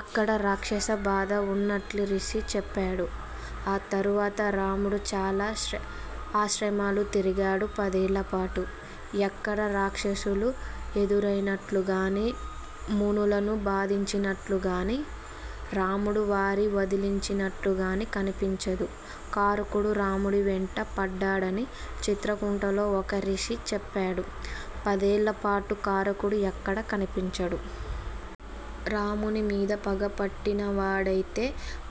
అక్కడ రాక్షస బాధ ఉన్నట్లు ఋషి చెప్పాడు. ఆ తరవాత రాముడు చాల ఆశ్రమాలు తిరిగాడు పదేళ్లపాటు. ఎక్కడా రాక్షసులు ఎదురయినట్లుగాని, మునులను బాధించినట్లుగాని, రాముడు వారిని వధించినట్లుగాని కనిపించదు. ఖరుడు రామునివెంట పడ్డాడని చిత్రకూటంలో ఒక ఋషి చెప్పాడు. పదేళ్లపాటు ఖరుడు ఎక్కడా కనిపించడు. రామునిమీద పగ పట్టినవాడయితే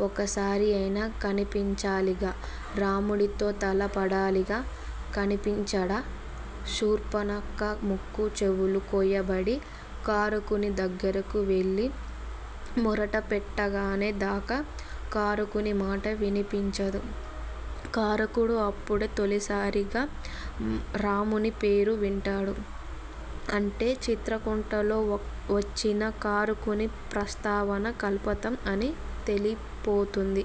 ఒక్కసారి అయినా కనిపించాలిగా. రామునితో తలపడాలిగా. కనిపించడా! శూర్ఫణఖ ముక్కూ, చెవులూ కోయబడి ఖరుని దగ్గరకు వెళ్లి మొరపెట్టుకనేదాకా ఖరునిమాట వినిపించదు. ఖరుడు అప్పుడే తొలిసారిగా రాముని పేరు వింటాడు. అంటే చిత్రకూటంలో వచ్చిన ఖరుని ప్రస్తావన కల్పితం అని తేలిపోతుంది.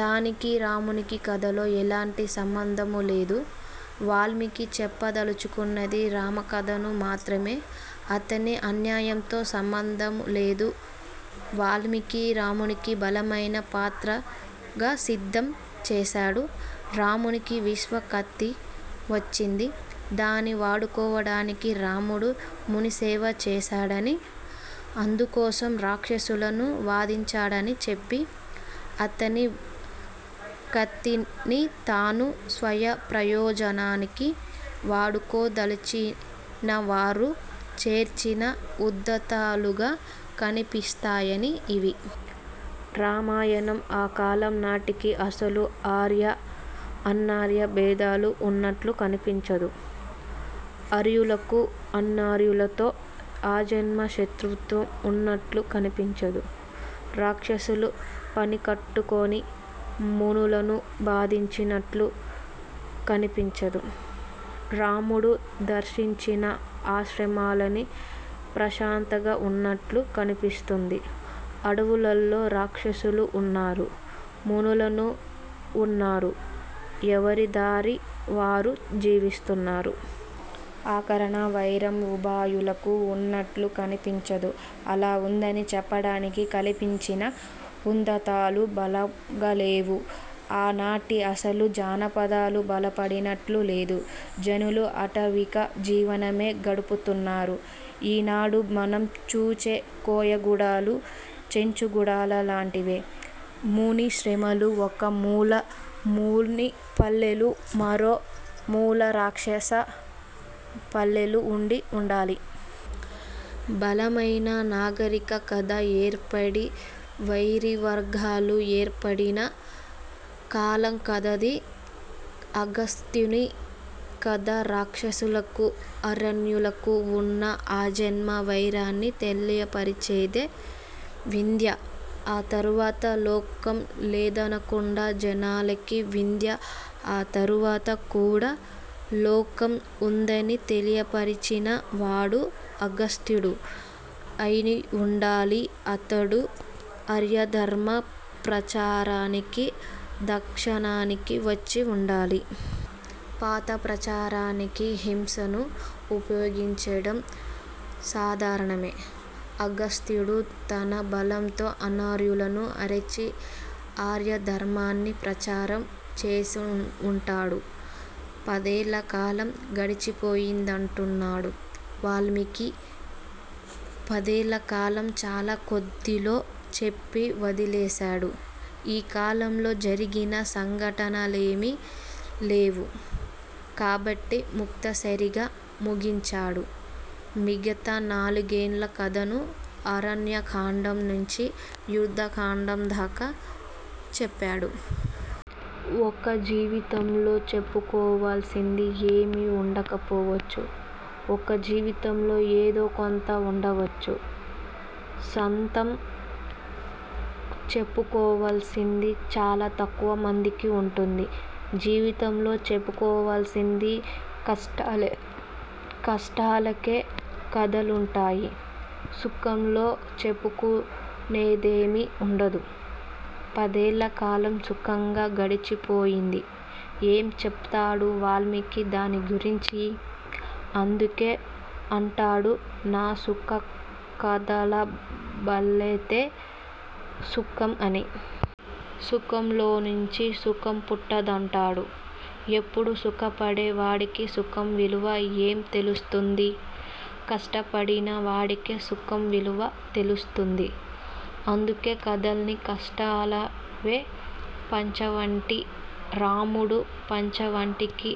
దానికి రాముని కథతో ఎలాంటి సంబంధమూలేదు. వాల్మీకి చెప్పదలచుకున్నది రామకథను మాత్రమే. అతనికి అన్యంతో సంబంధంలేదు. వాల్మీకి రాముణ్ని బలమైన పాత్రగా సిద్ధం చేసాడు. రామునికి విశ్వఖ్యాతి వచ్చింది. దాన్ని వాడుకోవడానికి రాముడు మునిసేవ చేశాడనీ, అందుకోసం రాక్షసులను వధించాడనీ చెప్పి, అతని ఖ్యాతినితను స్వప్రయోజనానికి వాడుకోదలచినవారు చేర్చిన ఉదంతాలుగా కనిపిస్తాయి ఇవి. రామాయణ కాలం నాటికి అసలు ఆర్య, అనార్య భేదాలు ఉన్నట్లు కనిపించదు. ఆర్యులకు అనార్యులతో ఆజన్మ శత్రుత్వం ఉన్నట్లూ కనిపించదు. రాక్షసులు పనికట్టుకొని మునులను బాధించినట్లూ కనిపించదు. రాముడు దర్శించిన ఆశ్రమాలన్నీ ప్రశాంతంగా ఉన్నట్లు కనిపిస్తుంది. అడవులలో రాక్షసులూ ఉన్నారు, మునులు ఉన్నారు. ఎవరిదారి వారు జీవిస్తున్నారు. అకారణ వైరం ఉభయులకు ఉన్నట్లు కనిపించదు. అలా ఉందని చెప్పడానికి కల్పించిన ఉదంతాలూ బలంగాలేవు. ఆ నాటికి అసలు జానపదాలు బలపడినట్లు లేదు. జనులు ఆటవిక జీవనమే గడుపుతున్నారు. ఈనాడు మనం చూచే కోయగూడాలూ, చెంచుగూడాల్లాంటివే ముని ఆశ్రమాలు. ఒక మూల మునిపల్లెలూ, మరో మూల రాక్షస పల్లెలూ ఉండి ఉండాలి. బలమైన నాగరికత ఏర్పడి వైరివర్గాలూ ఏర్పడిన కాలం కాదది. అగస్త్యుని కథా రాక్షసులకూ, ఆర్యులకూ ఉన్న ఆజన్మవైరాన్ని తెలియపరిచేదే. వింధ్య తరువాత లోకం లేదనుకున్న జనానికి వింధ్య తరువాత కూడా లోకం ఉందని తెలియపరచినవాడు అగస్త్యుడు అయిఉండాలి. అతడు ఆర్యధర్మ ప్రచారానికి దక్షిణానికి వచ్చి ఉండాలి. మత ప్రచారానికి హింసను ఉపయోగించడం సాధారణమే. అగస్త్యుడూ తన బలంతో అనార్యులను అణచి ఆర్య ధర్మాన్ని ప్రచారం చేసిఉంటాడు. పదేళ్లకాలం గడిచిపోయిందంటున్నాడు వాల్మీకి. పదేళ్లకాలం చాల కొద్దిలో చెప్పి వదిలేశాడు. ఈ కాలంలో జరిగిన సంఘటనలేమి లేవు. కాబట్టి ముక్తసరిగా ముగించాడు. మిగతా నాలుగేళ్ల కథను అరణ్యకాండనుంచి యుద్ధకాండదాకా చెప్పాడు. ఒక్కోజీవితంలో చెప్పుకోవాల్సింది ఏమీ ఉండకపోవచ్చు. ఒక్కో జీవితంలో ఏదో కొంత ఉండవచ్చు. సాంతం చెప్పుకోవలసింది చాల తక్కువ మందికి ఉంటుంది. జీవితంలో చెప్పుకోవలిసింది కష్టాలే. కష్టాలకే కథలుంటాయి. సుఖంలో చెప్పుకునేదేమీ ఉండదు. పదేళ్లకాలం సుఖంగా గడిచిపోయింది. ఏం చెప్తాడు వాల్మీకి దాన్ని గురించి? అందుకే అంటాడు నసుఖాలభతే సుఖం అని. సుఖంలోంచి సుఖం పుట్టదంటాడు. ఎప్పుడూ సుఖపడే వాడికి సుఖం విలువ ఏం తెలుస్తుంది? కష్టపడిన వాడికే సుఖం విలువ తెలుస్తుంది. అందుకే కథలన్నీ కష్టాలవే! పంచవటి: రాముడు పంచవటికి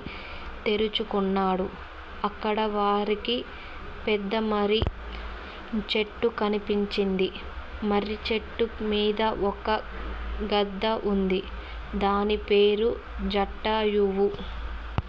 చేరుకున్నాడు. అక్కడ వారికి పెద్దమర్రి చెట్టు కనిపించింది. మర్రిచెట్టుమీద ఒక గద్ద ఉంది. దానిపేరు జటాయువు.